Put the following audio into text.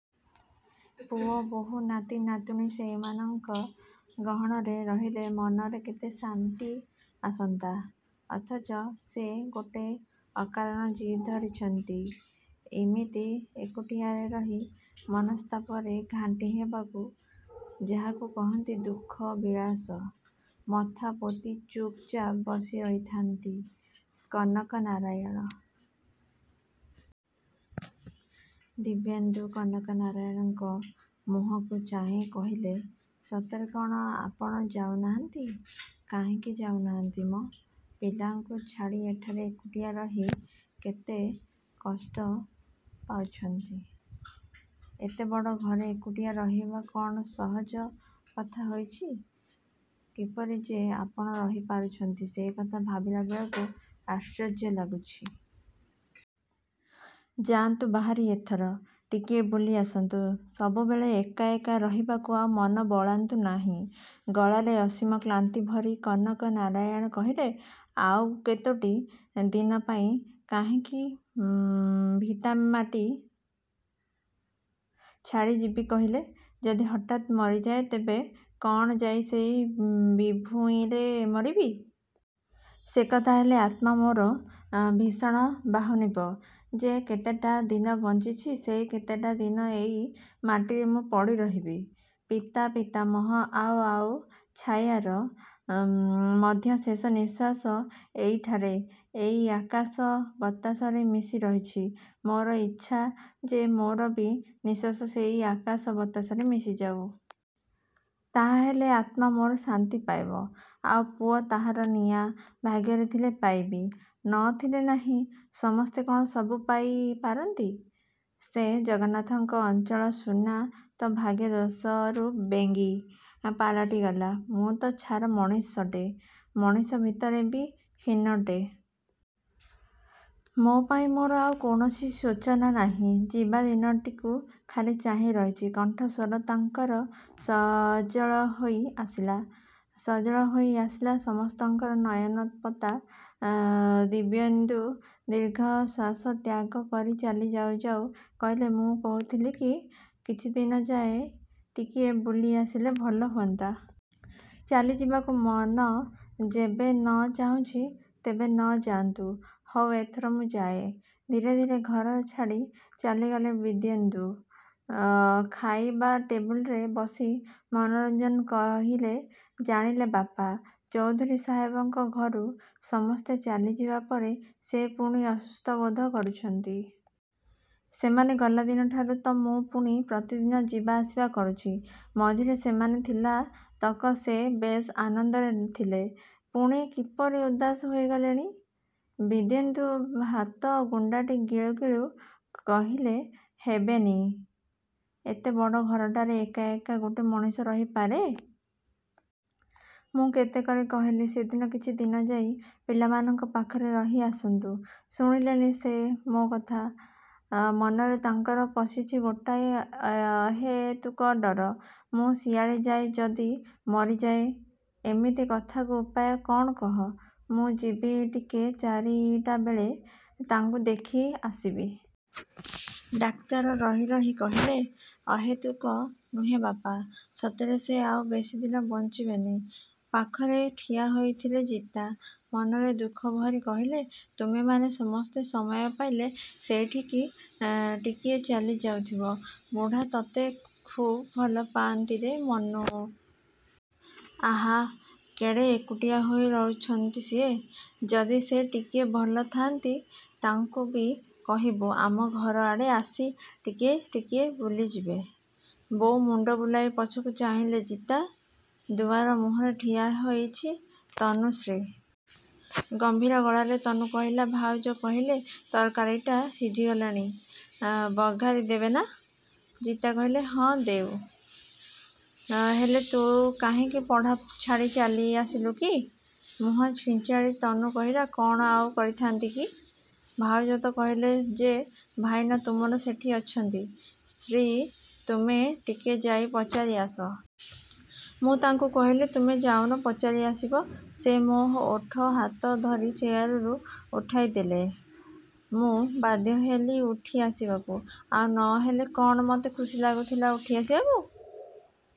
ପୁଅ, ବୋହୂ, ନାତି, ନାତୁଣୀ ସେଇମାନଙ୍କ ଗହଣରେ ରହିଲେ ମନରେ କେତେ ଶାନ୍ତି ଆସନ୍ତା। ଅଥଚ ସେ ଗୋଟେ ଅକାରଣ ଜିଦ୍ ଧରିଛନ୍ତି ଇମିତି ଏକୁଟିଆରେ ରହି ମନସ୍ତାପରେ ଘାଣ୍ଟି ହେବାକୁ। ଯାହାକୁ କହନ୍ତି ଦୁଃଖ ବିଳାସ। ମଥା ପୋତି ଚୁପ୍‌ଚାପ୍ ବସି ରହିଥାଆନ୍ତି କନକ ନାରାୟଣ। ଦିବ୍ୟେନ୍ଦୁ କନକ ନାରାୟଣଙ୍କ ମୁହଁକୁ ଚାହିଁ କହିଲେ ସତରେ କ'ଣ ଆପଣ ଯାଉ ନାହାନ୍ତି। କାହିଁକି ଯାଉ ନାହାନ୍ତି ମ? ପିଲାଙ୍କୁ ଛାଡ଼ି ଏଠାରେ ଏକୁଟିଆ ରହି କେତେ କଷ୍ଟ ପାଉଛନ୍ତି! ଏତେ ବଡ଼ ଘରେ ଏକୁଟିଆ ରହିବା କ'ଣ ସହଜ କଥା ହୋଇଛି। କିପରି ଯେ ଆପଣ ରହି ପାରୁଛନ୍ତି ସେଇକଥା ଭାବିଲା ବେଳକୁ ଆଶ୍ଚର୍ଯ୍ୟ ଲାଗୁଛି। ଯାଆନ୍ତୁ ବାହାରି ଏଥର, ଟିକିଏ ବୁଲି ଆସନ୍ତୁ। ସବୁବେଳେ ଏକା ଏକା ରହିବାକୁ ଆଉ ମନ ବଳାନ୍ତୁ ନାହିଁ। ଗଳାରେ ଅସୀମ କ୍ଲାନ୍ତି ଭରି କନକ ନାରାୟଣ କହିଲେ ଆଉ କେତୋଟି ଦିନ ପାଇଁ କାହିଁକି ଭିଟାମାଟି ଛାଡ଼ି ଯିବି କହିଲେ। ଯଦି ହଠାତ୍ ମରିଯାଏ ତେବେ କ'ଣ ଯାଇ ସେଇ ବିଭୂଇଁରେ ମରିବି? ସେକଥା ହେଲେ ଆତ୍ମା ମୋର ଭୀଷଣ ବାହୁନିବ। ଯେ କେତେଟା ଦିନ ବଞ୍ଚିଛି ସେଇ କେତେଟା ଦିନ ଏଇ ମାଟିରେ ମୁଁ ପଡ଼ି ରହିବି। ପିତା, ପିତାମହ, ଆଉ, ଆଉ ଛାୟାର ମଧ୍ୟ ଶେଷ ନିଃଶ୍ୱାସ ଏଇଠାରେ, ଏଇ ଆକାଶ ବତାସରେ ମିଶି ରହିଛି। ମୋର ଇଚ୍ଛା ଯେ ମୋର ବି ନିଃଶ୍ୱାସ ସେଇ ଆକାଶ ବତାସରେ ମିଶିଯାଉ। ତାହାହେଲେ, ଆତ୍ମା ମୋର ଶାନ୍ତି ପାଇବ। ଆଉ ପୁଅ ତାହାର ନିଆଁ, ଭାଗ୍ୟରେ ଥିଲେ ପାଇବି। ନ ଥିଲେ ନାହିଁ। ସମସ୍ତେ କ'ଣ ସବୁ ପାଇ ପାରନ୍ତି? ସେ ଜଗନ୍ନାଥଙ୍କ ଅଞ୍ଚଳ ସୁନା ତ ଭାଗ୍ୟଦୋଷରୁ ବେଙ୍ଗୀ ପାଲଟିଗଲା। ମୁଁ ତ ଛାର ମଣିଷଟେ। ମଣିଷ ଭିତରେ ବି ହୀନଟେ। ମୋ ପାଇଁ ମୋର ଆଉ କୌଣସି ଶୋଚନା ନାହିଁ। ଯିବାଦିନଟିକୁ ଖାଲି ଚାହିଁ ରହିଛି। କଣ୍ଠସ୍ୱର ତାଙ୍କର ସଜଳ ହୋଇ ଆସିଲା। ସଜଳ ହୋଇ ଆସିଲା ସମସ୍ତଙ୍କର ନୟନପତା। ଦିବ୍ୟେନ୍ଦୁ ଦୀର୍ଘଶ୍ୱାସ ତ୍ୟାଗ କରି ଚାଲି ଯାଉ ଯାଉ କହିଲେ ମୁଁ କହୁଥିଲି କି କିଛିଦିନ ଯାଇ ଟିକିଏ ବୁଲି ଆସିଲେ ଭଲ ହୁଅନ୍ତା। ଚାଲି ଯିବାକୁ ମନ ଯେବେ ନ ଚାହୁଁଛି ତେବେ ନ ଯାଆନ୍ତୁ। ହଉ ଏଥର ମୁଁ ଯାଏ। ଧୀରେ ଧୀରେ ଘର ଛାଡ଼ି ଚାଲିଗଲେ ବିଦ୍ୟେନ୍ଦୁ। ଖାଇବା ଟେବୁଲରେ ବସି ମନୋରଞ୍ଜନ କହିଲେ ଜାଣିଲେ ବାପା, ଚୌଧୁରୀ ସାହେବଙ୍କ ଘରୁ ସମସ୍ତେ ଚାଲିଯିବା ପରେ ସେ ପୁଣି ଅସୁସ୍ଥ ବୋଧ କରୁଛନ୍ତି। ସେମାନେ ଗଲା ଦିନଠାରୁ ତ ମୁଁ ପୁଣି ପ୍ରତିଦିନ ଯିବା ଆସିବା କରୁଛି। ମଝିରେ ସେମାନେ ଥିଲା ତକ ସେ ବେଶ୍ ଆନନ୍ଦରେ ଥିଲେ। ପୁଣି କିପରି ଉଦାସ ହୋଇଗଲେଣି। ବିଦ୍ୟେନ୍ଦୁ ଭାତ ଗୁଣ୍ଡାଟି ଗିଳୁ ଗିଳୁ କହିଲେ ହେବେନି? ଏତେ ବଡ଼ ଘରଟାରେ ଏକା ଏକା ଗୋଟେ ମଣିଷ ରହି ପାରେ? ମୁଁ କେତେ କରି କହିଲି ସେଦିନ କିଛି ଦିନ ଯାଇ ପିଲାମାନଙ୍କ ପାଖରେ ରହି ଆସନ୍ତୁ। ଶୁଣିଲେନି ସେ ମୋ କଥା। ମନରେ ତାଙ୍କର ପଶିଛି ଗୋଟାଏ ଅହେତୁକ ଡର। 'ମୁଁ ସିଆଡ଼େ ଯାଇ ଯଦି ମରିଯାଏ'। ଏମିତି କଥାକୁ ଉପାୟ କ'ଣ କହ। ମୁଁ ଯିବି ଟିକେ ଚାରିଟା ବେଳେ ତାଙ୍କୁ ଦେଖି ଆସିବି। ଡାକ୍ତର ରହି ରହି କହିଲେ ଅହେତୁକ ନୁହେଁ ବାପା, ସତରେ ସେ ଆଉ ବେଶୀ ଦିନ ବଞ୍ଚିବେନି। ପାଖରେ ଠିଆ ହୋଇଥିଲେ ଜିତା, ମନରେ ଦୁଃଖ ଭରି କହିଲେ ତୁମେମାନେ ସମସ୍ତେ ସମୟ ପାଇଲେ ସେଇଠିକି ଟିକିଏ ଚାଲି ଯାଉଥିବ। ବୁଢ଼ା ତତେ ଖୁବ୍ ଭଲ ପାଆନ୍ତିରେ ମନୁ। ଆହା, କେଡ଼େ ଏକୁଟିଆ ହୋଇ ରହୁଛନ୍ତି ସିଏ। ଯଦି ସେ ଟିକିଏ ଭଲ ଥାନ୍ତି ତାଙ୍କୁ ବି କହିବୁ ଆମ ଘର ଆଡ଼େ ଆସି ଟିକିଏ ଟିକିଏ ବୁଲି ଯିବେ। ବୋଉ ମୁଣ୍ଡ ବୁଲାଇ ପଛକୁ ଚାହିଁଲେ ଜିତା। ଦୁଆର ମୁହଁରେ ଠିଆ ହୋଇଛି ତନୁଶ୍ରୀ। ଗମ୍ଭୀର ଗଳାରେ ତନୁ କହିଲା ଭାଉଜ କହିଲେ ତରକାରୀଟା ସିଝିଗଲାଣି, ବଘାରି ଦେବେନା? ଜିତା କହିଲେ ହଁ ଦେଉ। ହେଲେ ତୁ କାହିଁକି ପଢ଼ା ଛାଡ଼ି ଚାଲି ଆସିଲୁ କି? ମୁହଁ ଛିଞ୍ଚାଡ଼ି ତନୁ କହିଲା କ'ଣ ଆଉ କରିଥାନ୍ତି କି? ଭାଉଜ ତ କହିଲେ ଯେ ଭାଇନା ତୁମର ସେଠି ଅଛନ୍ତି, ଶ୍ରୀ ତୁମେ ଟିକେ ଯାଇ ପଚାରି ଆସ। ମୁଁ ତାଙ୍କୁ କହିଲି ତୁମେ ଯାଉନ ପଚାରି ଆସିବ? ସେ ମୋ ଓଠ ହାତ ଧରି ଚେୟାରରୁ ଉଠାଇ ଦେଲେ। ମୁଁ ବାଧ୍ୟ ହେଲି ଉଠି ଆସିବାକୁ। ଆଉ ନ ହେଲେ କ'ଣ ମତେ ଖୁସି ଲାଗୁଥିଲା ଉଠି ଆସିବାକୁ।